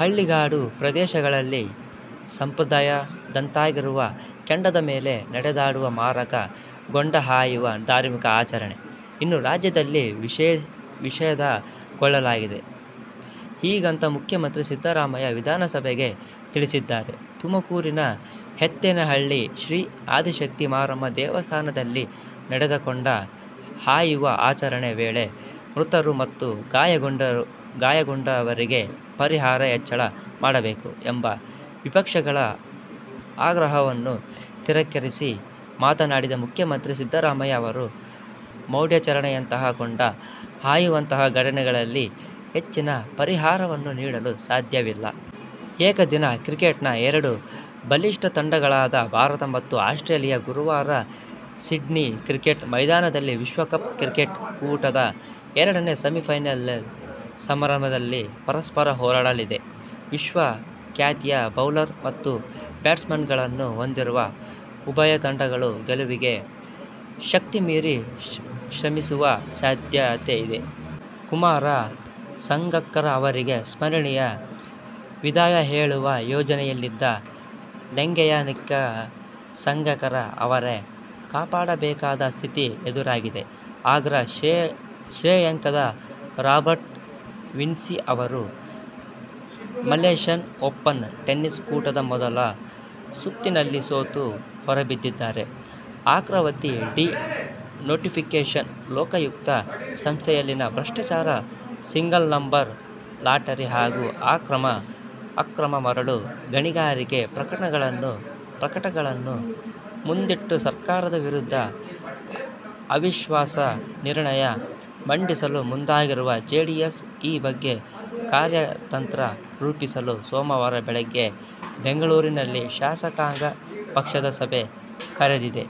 ಹಳ್ಳಿಗಾಡು ಪ್ರದೇಶಗಳಲ್ಲಿ ಸಂಪ್ರದಾಯದಂತಾಗಿರುವ 'ಕೆಂಡದ ಮೇಲೆ ನಡೆದಾಡುವ ಮಾರಕ' ಕೊಂಡ ಹಾಯುವ ಧಾರ್ಮಿಕ ಆಚರಣೆೆ ಇನ್ನು ರಾಜ್ಯದಲ್ಲಿ ನಿಷೇಧಗೊಳ್ಳಲಿದೆ. ಹೀಗಂತ ಮುಖ್ಯಮಂತ್ರಿ ಸಿದ್ದರಾಮಯ್ಯ ವಿಧಾನಸಭೆಗೆ ತಿಳಿಸಿದ್ದಾರೆ. ತುಮಕೂರಿನ ಹೆತ್ತೇನಹಳ್ಳಿ ಶ್ರೀ ಆದಿಶಕ್ತಿ ಮಾರಮ್ಮ ದೇವಸ್ಥಾನದಲ್ಲಿ ನಡೆದ ಕೊಂಡ ಹಾಯುವ ಆಚರಣೆ ವೇಳೆ ಮೃತರು ಮತ್ತು ಗಾಯಗೊಂಡವರಿಗೆ ಪರಿಹಾರ ಹೆಚ್ಚಳ ಮಾಡಬೇಕು ಎಂಬ ವಿಪಕ್ಷಗಳ ಆಗ್ರಹವನ್ನು ತಿರಸ್ಕರಿಸಿ ಮಾತನಾಡಿದ ಮುಖ್ಯಮಂತ್ರಿ ಸಿದ್ದರಾಮಯ್ಯ ಅವರು, ಮೌಢ್ಯಾಚರಣೆಯಂತಹ ಕೊಂಡ ಹಾಯುವಂತಹ ಘಟನೆಗಳಲ್ಲಿ ಹೆಚ್ಚಿನ ಪರಿಹಾರವನ್ನು ನೀಡಲು ಸಾಧ್ಯವಿಲ್ಲ. ಏಕದಿನ ಕ್ರಿಕೆಟ್ನ ಎರಡು ಬಲಿಷ್ಠ ತಂಡಗಳಾದ ಭಾರತ ಮತ್ತು ಆಸ್ಟ್ರೇಲಿಯ ಗುರುವಾರ ಸಿಡ್ನಿ ಕ್ರಿಕೆಟ್ ಮೈದಾನದಲ್ಲಿ ವಿಶ್ವ ಕಪ್ ಕ್ರಿಕೆಟ್ ಕೂಟದ ಎರಡನೇ ಸೆಮಿಫೈನಲ್ ಸಮರದಲ್ಲಿ ಪರಸ್ಪರ ಹೋರಾಟಲಿದೆ. ವಿಶ್ವ ಖ್ಯಾತಿಯ ಬೌಲರ್ ಮತ್ತು ಬ್ಯಾಟ್ಸ್ಮನ್ಗಳನ್ನು ಹೊಂದಿರುವ ಉಭಯ ತಂಡಗಳು ಗೆಲುವಿಗೆ ಶಕ್ತಿಮೀರಿ ಶ್ರಮಿಸುವ ಸಾಧ್ಯತೆಯಿದೆ. ಕುಮಾರ ಸಂಗಕ್ಕರ ಅವರಿಗೆ ಸ್ಮರಣೀಯ ವಿದಾಯ ಹೇಳುವ ಯೋಜನೆಯಲ್ಲಿದ್ದ ಲಂಕೆಯನ್ನೀಗ ಸಂಗಕ್ಕರ ಅವರೇ ಕಾಪಾಡಬೇಕಾದ ಸ್ಥಿತಿ ಎದುರಾಗಿದೆ! ಅಗ್ರ ಶ್ರೇಯಾಂಕದ ರಾಬರ್ಟಾ ವಿನ್ಸಿ ಅವರು ಮಲೇಶ್ಯನ್ ಓಪನ್ ಟೆನಿಸ್ ಕೂಟದ ಮೊದಲ ಸುತ್ತಿನಲ್ಲಿ ಸೋತು ಹೊರಬಿದ್ದಿದ್ದಾರೆ. ಅರ್ಕಾವತಿ "ಡಿ' ನೋಟಿಫಿಕೇಷನ್, ಲೋಕಾಯುಕ್ತ ಸಂಸ್ಥೆಯಲ್ಲಿನ ಭ್ರಷ್ಟಾಚಾರ, ಸಿಂಗಲ್ ನಂಬರ್ ಲಾಟರಿ ಹಾಗೂ ಅಕ್ರಮ ಮರಳು ಗಣಿಗಾರಿಕೆ ಪ್ರಕರಣಗಳನ್ನು ಮುಂದಿಟ್ಟು ಸರ್ಕಾರದ ವಿರುದ್ಧ ಅವಿಶ್ವಾಸ ನಿರ್ಣಯ ಮಂಡಿಸಲು ಮುಂದಾಗಿರುವ ಜೆಡಿಎಸ್, ಈ ಬಗ್ಗೆ ಕಾರ್ಯತಂತ್ರ ರೂಪಿಸಲು ಸೋಮವಾರ ಬೆಳಗ್ಗೆ ಬೆಂಗಳೂರಿನಲ್ಲಿ ಶಾಸಕಾಂಗ ಪಕ್ಷದ ಸಭೆ ಕರೆದಿದೆ.